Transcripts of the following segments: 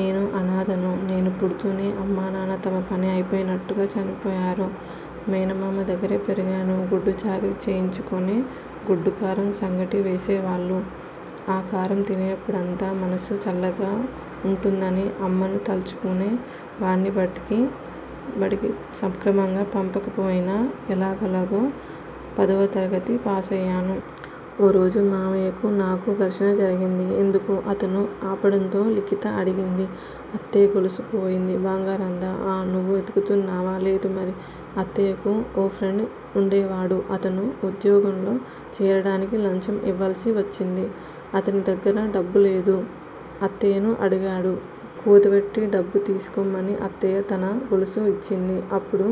నేను అనాధను నేను పుడుతూనే అమ్మా నాన్న తమ పని అయిపోయినట్టు చనిపోయారు. మేనమామ దగ్గర పెరిగాను. గొడ్డుచాకిరీ చేయించుకుని గొడ్డుకారం, సంగటీ వేసేవాళ్ళు ఆ కారం తినేప్పుడంతా మనసు చల్లగా ఉంటుందని అమ్మను తలుచుకునే వాడ్ని బడికి సక్రమంగా పంపకపోయినా ఎలాగోలా పదవ తరగతి పాసయ్యాను. ఓరోజు మామయ్యకు, నాకూ ఘర్షణ జరిగింది ఎందుకు? అతను ఆపడంతో లిఖిత అడిగింది. అత్తయ్య గొలుసు పోయింది బంగారందా? ఆ నువ్వు ఎత్తుకున్నావా? లేదు మరి? అత్తయ్యకు ఓ ఫ్రెండ్ ఉండేవాడు. అతను ఉద్యోగంలో చేరడానికి లంచం ఇవ్వాల్సి వచ్చింది. అతని దగ్గర డబ్బులేదు! అత్తయ్యను అడిగాడు. కుదవపెట్టి డబ్బు తీసుకోమని అత్తయ్య తన గొలుసు ఇచ్చింది. అప్పుడు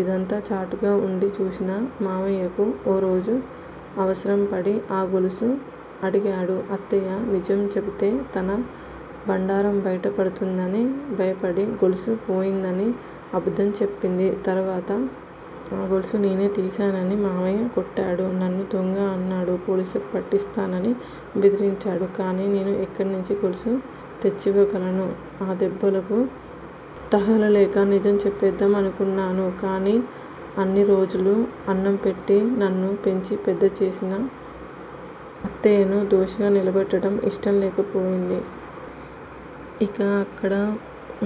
ఇదంతా చాటుగా ఉండి చూశాను మామయ్యకు ఓ రోజు అవసరం పడి ఆ గొలుసు అడిగాడు. అత్తయ్య నిజం చెబితే తన బండారం బయట పడుతుందని భయపడి గొలుసు పోయిందని అబద్దం చెప్పింది తరువాత? ఆ గొలుసు నేనే తీశానని మావయ్య కొట్టాడు. నన్ను దొంగ అన్నాడు. పోలీసులకు పట్టిస్తానని బెదిరించాడు. కాని నేను ఎక్కన్నుంచి గొలుసు తెచ్చివ్వగలను? ఆ దెబ్బలకు తాళలేక నిజం చెప్పేద్దామనుకున్నాను. కానీ అన్ని రోజులు అన్నం పెట్టి నన్ను పెంచి పెద్ద చేసిన అత్తయ్యను దోషిగా నిలబెట్టడం ఇష్టం లేకపోయింది. ఇక అక్కడ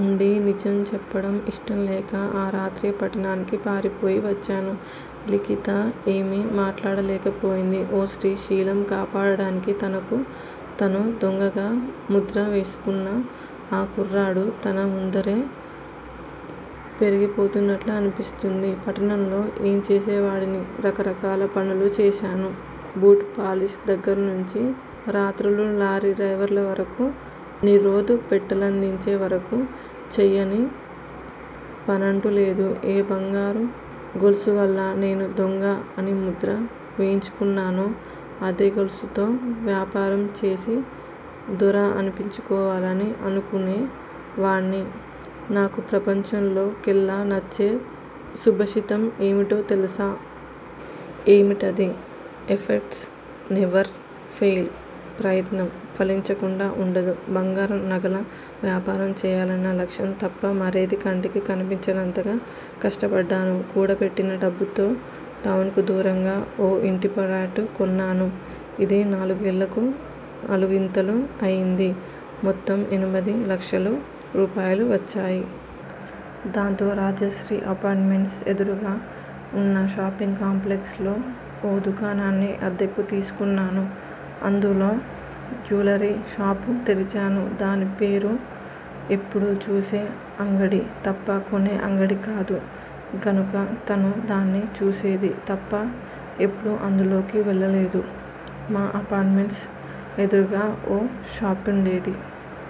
ఉండి నిజం చెప్పడం ఇష్టంలేక ఆ రాత్రే పట్నానికి పారిపోయి వచ్చాను లిఖిత ఏమీ మాట్లాడలేకపోతోంది. ఓ స్త్రీ శీలం కాపాడడానికి తనకు తాను దొంగగా ముద్ర వేసుకున్న ఆ కుర్రాడు తన ముందరే పెరిగిపోతున్నట్లనిపిస్తోంది. పట్నంలో ఏం చేసేవాడివి? రకరకాల పనులు చేశాను. బూట్ పాలిష్ దగ్గర్నుంచి రాత్రుళ్ళు లారీ డ్రయివర్లకు నిరోధ్ పెట్టెలందించే వరకు చేయని పనంటూ లేదు. ఏ బంగారు గొలుసువల్ల నేను దొంగ అని ముద్ర వేయించుకొన్నానో, అదే గొలుసులతో వ్యాపారం చేసి దొర అనిపించుకోవాలని అనుకునే వాడ్ని నాకు ప్రపంచంలో కెల్లా నచ్చే సుభాషితం ఏమిటో తెలుసా? ఏమిటది? ఎఫెర్ట్స్ నెవర్ ఫెయిల్' ప్రయత్నం ఫలించకుండా ఉండదు బంగారు నగల వ్యాపారం చేయాలన్న లక్ష్యం తప్ప మరేదీ కంటికి కనిపించనంతగా కష్టపడ్డాను. కూడబెట్టిన డబ్బుతో టౌనుకు దూరంగా ఓ ఇంటిప్లాటు కొన్నాను. అది నాలుగేళ్ళకు నాలుగింతలు అయింది. మొత్తం ఎనిమిది లక్షల రూపాయలు వచ్చాయి. దాంతో రాజశ్రీ అపార్ట్ మెంట్స్ ఎదురుగా ఉన్న షాపింగ్ కాంప్లెక్స్ లో ఓ దుకాణాన్ని అద్దెకు తీసుకొన్నాను. అందులో జ్యూయలరీ షాపు తెరిచాను. దాని పేరు ఎప్పుడూ చూసే అంగడి తప్ప కొనే అంగడి కాదు గనుక తనూ దాన్ని చూసేది తప్ప ఎప్పుడూ అందులోకి వెళ్ళలేదు. మా అపార్ట్ మెంట్స్ ఎదురుగ్గా ఓ షాపుండేది